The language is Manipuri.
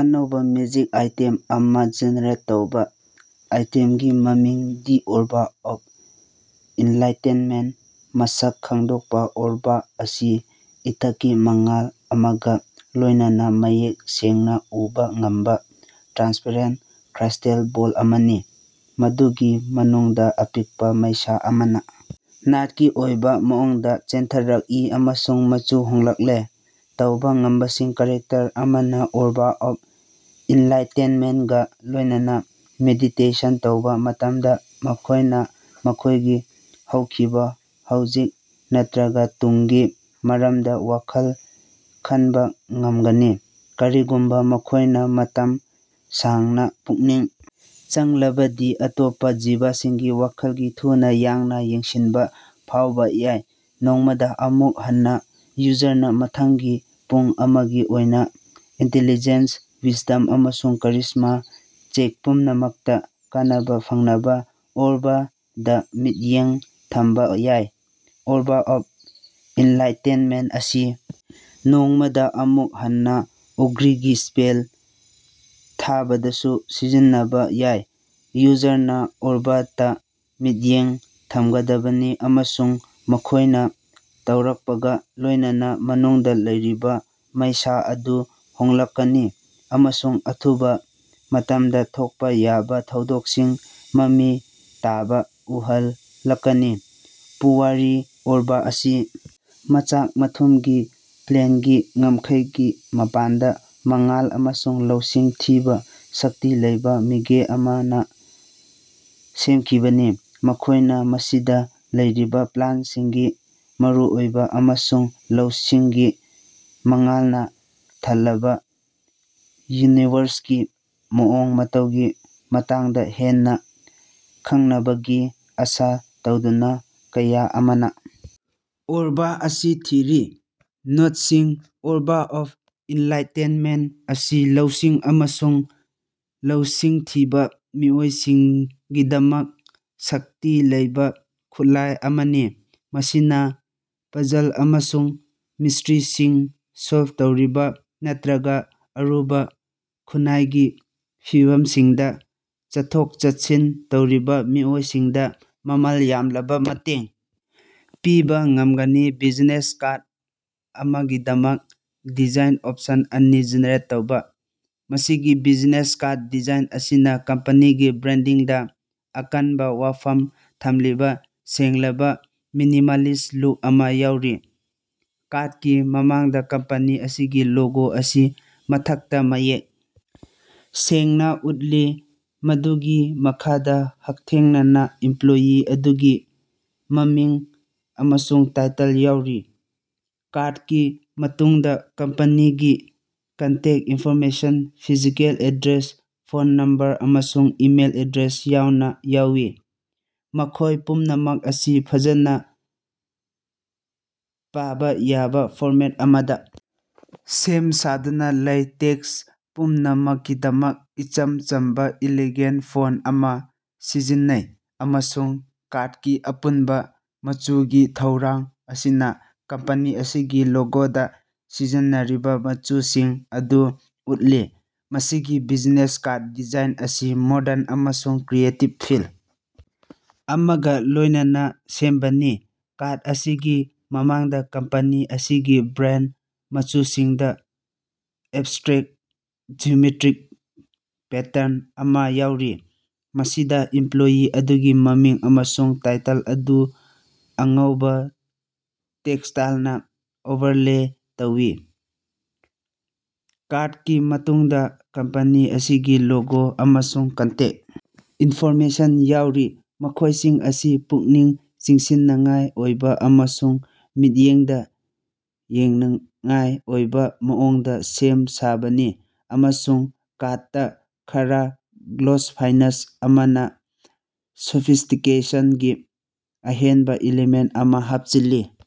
ꯑꯅꯧꯕꯥ ꯃꯦꯖꯤꯛ ꯑꯥꯏꯇꯦꯝ ꯑꯃ ꯖꯦꯅꯦꯔꯦꯠ ꯇꯧꯕ꯫ ꯑꯥꯏꯇꯦꯝꯒꯤ ꯃꯃꯤꯡ: ꯗꯤ ꯑꯣꯔꯕ ꯑꯣꯐ ꯑꯦꯟꯂꯥꯏꯇꯦꯟꯃꯦꯟ ꯃꯁꯛ ꯈꯪꯗꯣꯛꯄ: ꯑꯣꯔꯕ ꯑꯁꯤ ꯏꯊꯠꯀꯤ ꯃꯉꯥꯜ ꯑꯃꯒ ꯂꯣꯏꯅꯅꯥ ꯃꯌꯦꯛ ꯁꯦꯡꯅ ꯎꯕꯥ ꯉꯝꯕ, ꯇ꯭ꯔꯥꯟꯁꯄꯔꯦꯟ ꯀ꯭ꯔꯤꯁꯇꯦꯜ ꯕꯣꯜ ꯑꯃꯅꯤ꯫ ꯃꯗꯨꯒꯤ ꯃꯅꯨꯡꯗ ꯑꯄꯤꯛꯄꯥ ꯃꯩꯁꯥ ꯑꯃꯅ ꯅꯥꯠꯀꯤ ꯑꯣꯏꯕ ꯃꯑꯣꯡꯗ ꯆꯦꯟꯊꯔꯛꯏ ꯑꯃꯁꯨꯡ ꯃꯆꯨ ꯍꯣꯡꯂꯛꯂꯤ꯫ ꯇꯧꯕ ꯉꯝꯕꯁꯤꯡ: ꯀꯦꯔꯦꯛꯇꯔ ꯑꯃꯅ ꯑꯣꯔꯕ ꯑꯣꯐ ꯑꯦꯟꯂꯥꯏꯇꯦꯟꯃꯦꯟꯀꯥ ꯂꯣꯏꯅꯅꯥ ꯃꯦꯗꯤꯇꯦꯁꯟ ꯇꯧꯕ ꯃꯇꯝꯗ ꯃꯈꯣꯏꯅ ꯃꯈꯣꯏꯒꯤ ꯍꯧꯈꯤꯕ, ꯍꯧꯖꯤꯛ ꯅꯠꯇ꯭ꯔꯒ ꯇꯨꯡꯒꯤ ꯃꯔꯝꯗ ꯋꯥꯈꯜ ꯈꯟꯕ ꯉꯝꯒꯅꯤ꯫ ꯀꯔꯤꯒꯨꯝꯕ ꯃꯈꯣꯏꯅ ꯃꯇꯝ ꯁꯥꯡꯅ ꯄꯨꯛꯅꯤꯡ ꯆꯪꯂꯕꯗꯤ, ꯑꯇꯣꯞꯄꯥ ꯖꯤꯕꯁꯤꯡꯒꯤ ꯋꯥꯈꯜꯒꯤ ꯊꯨꯅꯥ ꯌꯥꯡꯅ ꯌꯦꯡꯁꯤꯟꯕ ꯐꯥꯎꯕ ꯌꯥꯏ꯫ ꯅꯣꯡꯃꯗꯥ ꯑꯃꯨꯛ ꯍꯟꯅꯥ ꯌꯨꯖꯔꯅꯥ ꯃꯊꯪꯒꯤ ꯄꯨꯡ ꯑꯃꯒꯤ ꯑꯣꯏꯅ ꯏꯟꯇꯦꯂꯤꯖꯦꯟꯁ, ꯋꯤꯁꯗꯝ, ꯑꯃꯁꯨꯡ ꯀꯦꯔꯤꯖꯃꯥ ꯆꯦꯛ ꯄꯨꯝꯅꯃꯛꯇꯥ ꯀꯥꯟꯅꯕ ꯐꯪꯅꯕ ꯑꯣꯔꯕꯇꯥ ꯃꯤꯠꯌꯦꯡ ꯊꯝꯕ ꯌꯥꯏ꯫ ꯑꯣꯔꯕ ꯑꯣꯐ ꯑꯦꯟꯂꯥꯏꯇꯦꯟꯃꯦꯟ ꯑꯁꯤ ꯅꯣꯡꯃꯗꯥ ꯑꯃꯨꯛ ꯍꯟꯅꯥ ꯑꯣꯒꯔꯤꯒꯤ ꯁ꯭ꯄꯦꯜ ꯊꯥꯕꯗꯁꯨ ꯁꯤꯖꯤꯟꯅꯕ ꯌꯥꯏ꯫ ꯌꯨꯖꯔꯅꯥ ꯑꯣꯔꯕꯇꯥ ꯃꯤꯠꯌꯦꯡ ꯊꯝꯒꯗꯕꯅꯤ, ꯑꯃꯁꯨꯡ ꯃꯈꯣꯏꯅ ꯇꯧꯔꯛꯄꯒꯥ ꯂꯣꯏꯅꯅꯥ ꯃꯅꯨꯡꯗ ꯂꯩꯔꯤꯕ ꯃꯩꯁꯥ ꯑꯗꯨ ꯍꯣꯡꯂꯛꯀꯅꯤ ꯑꯃꯁꯨꯡ ꯑꯊꯨꯕꯥ ꯃꯇꯝꯗꯥ ꯊꯣꯛꯄ ꯌꯥꯕ ꯊꯧꯗꯣꯛꯁꯤꯡꯒꯤ ꯃꯃꯤ ꯇꯥꯕ ꯎꯍꯜꯂꯛꯀꯅꯤ꯫ ꯄꯨꯋꯥꯔꯤ: ꯑꯣꯔꯕ ꯑꯁꯤ ꯃꯆꯥꯛ ꯃꯊꯨꯝꯒꯤ ꯄ꯭ꯂꯦꯟꯒꯤ ꯉꯝꯈꯩꯒꯤ ꯃꯄꯥꯟꯗ ꯃꯉꯥꯜ ꯑꯃꯁꯨꯡ ꯂꯧꯁꯤꯡ ꯊꯤꯕ ꯁꯛꯇꯤ ꯂꯩꯕ ꯃꯦꯒ ꯑꯃꯅ ꯁꯦꯝꯈꯤꯕꯅꯤ꯫ ꯃꯈꯣꯏꯅ ꯃꯁꯤꯗ ꯂꯩꯔꯤꯕ ꯄ꯭ꯂꯦꯟꯁꯤꯡꯒꯤ ꯃꯔꯨꯑꯣꯏꯕ ꯑꯃꯁꯨꯡ ꯂꯧꯁꯤꯡꯒꯤ ꯃꯉꯥꯜꯅ ꯊꯜꯂꯕꯥ, ꯌꯨꯅꯤꯚꯔꯁꯀꯤ ꯃꯑꯣꯡ ꯃꯇꯧꯒꯤ ꯃꯇꯥꯡꯗ ꯍꯦꯟꯅꯥ ꯈꯪꯅꯕꯒꯤ ꯑꯥꯁꯥ ꯇꯧꯗꯨꯅꯥ ꯀꯌꯥ ꯑꯃꯅ ꯑꯣꯔꯕ ꯑꯁꯤ ꯊꯤꯔꯤ꯫ ꯅꯣꯠꯁꯤꯡ: ꯑꯣꯔꯕ ꯑꯣꯐ ꯑꯦꯟꯂꯥꯏꯇꯦꯟꯃꯦꯟ ꯑꯁꯤ ꯂꯧꯁꯤꯡ ꯑꯃꯁꯨꯡ ꯂꯧꯁꯤꯡ ꯊꯤꯕꯥ ꯃꯤꯑꯣꯏꯁꯤꯡꯒꯤꯗꯃꯛ ꯁꯛꯇꯤ ꯂꯩꯕꯥ ꯈꯨꯠꯂꯥꯏ ꯑꯃꯅꯤ꯫ ꯃꯁꯤꯅ ꯄꯥꯖꯜ ꯑꯃꯁꯨꯡ ꯃꯤꯁꯇ꯭ꯔꯤꯁꯤꯡ ꯁꯣꯜꯐ ꯇꯧꯔꯤꯕ ꯅꯠꯇ꯭ꯔꯒ ꯑꯔꯨꯕ ꯈꯨꯟꯅꯥꯏꯒꯤ ꯐꯤꯚꯝꯁꯤꯡꯗ ꯆꯠꯊꯣꯛ-ꯆꯠꯁꯤꯟ ꯇꯧꯔꯤꯕ ꯃꯤꯑꯣꯏꯁꯤꯡꯗ ꯃꯃꯜ ꯌꯥꯝꯂꯕ ꯃꯇꯦꯡ ꯄꯤꯕ ꯉꯝꯒꯅꯤ꯫ ꯕꯤꯖꯤꯅꯦꯁ ꯀꯥꯔꯠ ꯑꯃꯒꯤꯗꯃꯛ ꯗꯤꯖꯥꯏꯟ ꯑꯣꯞꯁꯟ ꯑꯅꯤ ꯖꯦꯅꯦꯔꯦꯠ ꯇꯧꯕ꯫ ꯃꯁꯤꯒꯤ ꯕꯤꯖꯤꯅꯦꯁ ꯀꯥꯔꯠ ꯗꯤꯖꯥꯏꯟ ꯑꯁꯤꯅ ꯀꯝꯄꯦꯅꯤꯒꯤ ꯕ꯭ꯔꯥꯟꯗꯤꯡꯗ ꯑꯀꯟꯕ ꯋꯥꯐꯝ ꯊꯝꯂꯤꯕ ꯁꯦꯡꯂꯕ, ꯃꯤꯅꯤꯃꯥꯂꯤꯁ ꯂꯨꯛ ꯑꯃ ꯌꯥꯎꯔꯤ꯫ ꯀꯥꯔꯠꯀꯤ ꯃꯃꯥꯡꯗ ꯀꯝꯄꯦꯅꯤ ꯑꯁꯤꯒꯤ ꯂꯣꯒꯣ ꯑꯁꯤ ꯃꯊꯛꯇ ꯃꯌꯦꯛ ꯁꯦꯡꯅꯥ ꯎꯠꯂꯤ, ꯃꯗꯨꯒꯤ ꯃꯈꯥꯗ ꯍꯛꯊꯦꯡꯅꯅꯥ ꯏꯝꯄ꯭ꯂꯣꯌꯤ ꯑꯗꯨꯒꯤ ꯃꯃꯤꯡ ꯑꯃꯁꯨꯡ ꯇꯥꯏꯇꯜ ꯌꯥꯎꯔꯤ꯫ ꯀꯥꯔꯠꯀꯤ ꯃꯇꯨꯡꯗ ꯀꯝꯄꯅꯤꯒꯤ contact information, physical address, phone number, ꯑꯃꯁꯨꯡ ꯏꯃꯦꯜ ꯑꯦꯗ꯭ꯔꯦꯁ ꯌꯥꯎꯅ ꯌꯥꯎꯏ, ꯃꯈꯣꯏ ꯄꯨꯝꯅꯃꯛ ꯑꯁꯤ ꯐꯖꯅ ꯄꯥꯕ ꯌꯥꯕ ꯐꯣꯔꯃꯦꯠ ꯑꯃꯗ ꯁꯦꯝ-ꯁꯥꯗꯨꯅ ꯂꯩ꯫ ꯇꯦꯛꯁ ꯄꯨꯝꯅꯃꯛꯀꯤꯗꯃꯛ ꯏꯆꯝ ꯆꯝꯕ ꯑꯃꯁꯨꯡ ꯏꯂꯤꯒꯦꯟ ꯐꯣꯟ ꯑꯃ ꯁꯤꯖꯤꯟꯅꯩ, ꯑꯃꯁꯨꯡ ꯀꯥꯔꯠꯀꯤ ꯑꯄꯨꯟꯕ ꯃꯆꯨꯒꯤ ꯊꯧꯔꯥꯡ ꯑꯁꯤꯅ ꯀꯝꯄꯦꯅꯤ ꯑꯁꯤꯒꯤ ꯂꯣꯒꯣꯗꯥ ꯁꯤꯖꯤꯟꯅꯔꯤꯕ ꯃꯆꯨꯁꯤꯡ ꯑꯗꯨ ꯎꯠꯂꯤ꯫ ꯃꯁꯤꯒꯤ ꯕꯤꯖꯤꯅꯦꯁ ꯀꯥꯔꯠ ꯗꯤꯖꯥꯏꯟ ꯑꯁꯤ ꯃꯣꯗꯔꯟ ꯑꯃꯁꯨꯡ ꯀ꯭ꯔꯤꯌꯦꯇꯤꯚ ꯐꯤꯜ ꯑꯃꯒ ꯂꯣꯏꯅꯅꯥ ꯁꯦꯝꯕꯅꯤ꯫ ꯀꯥꯔꯠ ꯑꯁꯤꯒꯤ ꯃꯃꯥꯡꯗ ꯀꯝꯄꯦꯅꯤ ꯑꯁꯤꯒꯤ ꯕ꯭ꯔꯥꯟ ꯃꯆꯨꯁꯤꯡꯗꯥ ꯑꯦꯕꯁꯇ꯭ꯔꯦꯛ, ꯖꯤꯑꯣꯃꯦꯇ꯭ꯔꯤꯛ ꯄꯦꯇꯔꯟ ꯑꯃ ꯌꯥꯎꯔꯤ, ꯃꯁꯤꯗ ꯏꯝꯄ꯭ꯂꯣꯌꯤ ꯑꯗꯨꯒꯤ ꯃꯃꯤꯡ ꯑꯃꯁꯨꯡ ꯇꯥꯏꯇꯜ ꯑꯗꯨ ꯑꯉꯧꯕꯥ ꯇꯦꯛꯁꯇꯥꯏꯜꯅꯥ ꯑꯣꯚꯔꯂꯦ ꯇꯧꯏ꯫ ꯀꯥꯔꯠꯀꯤ ꯃꯇꯨꯡꯗ ꯀꯝꯄꯦꯅꯤ ꯑꯁꯤꯒꯤ ꯂꯣꯒꯣ ꯑꯃꯁꯨꯡ ꯀꯟꯇꯦꯛ ꯏꯟꯐꯣꯔꯃꯦꯁꯟ ꯌꯥꯎꯔꯤ, ꯃꯈꯣꯏꯁꯤꯡ ꯑꯁꯤ ꯄꯨꯛꯅꯤꯡ ꯆꯤꯡꯁꯤꯟꯅꯤꯡꯉꯥꯏ ꯑꯣꯏꯕ ꯑꯃꯁꯨꯡ ꯃꯤꯠꯌꯦꯡꯗ ꯌꯦꯡꯅꯤꯡꯉꯥꯏ ꯑꯣꯏꯕ ꯃꯑꯣꯡꯗꯥ ꯁꯦꯝ ꯁꯥꯕꯅꯤ ꯑꯃꯁꯨꯡ ꯀꯥꯔꯠꯇꯥ ꯈꯔ ꯒ꯭ꯂꯣꯁ ꯐꯤꯅꯤꯁ ꯑꯃꯅꯥ ꯁꯣꯐꯤꯁ꯭ꯇꯤꯀꯦꯁꯟꯒꯤ ꯑꯍꯦꯟꯕꯥ ꯏꯂꯤꯃꯦꯟ ꯑꯃ ꯍꯥꯞꯆꯤꯜꯂꯤ꯫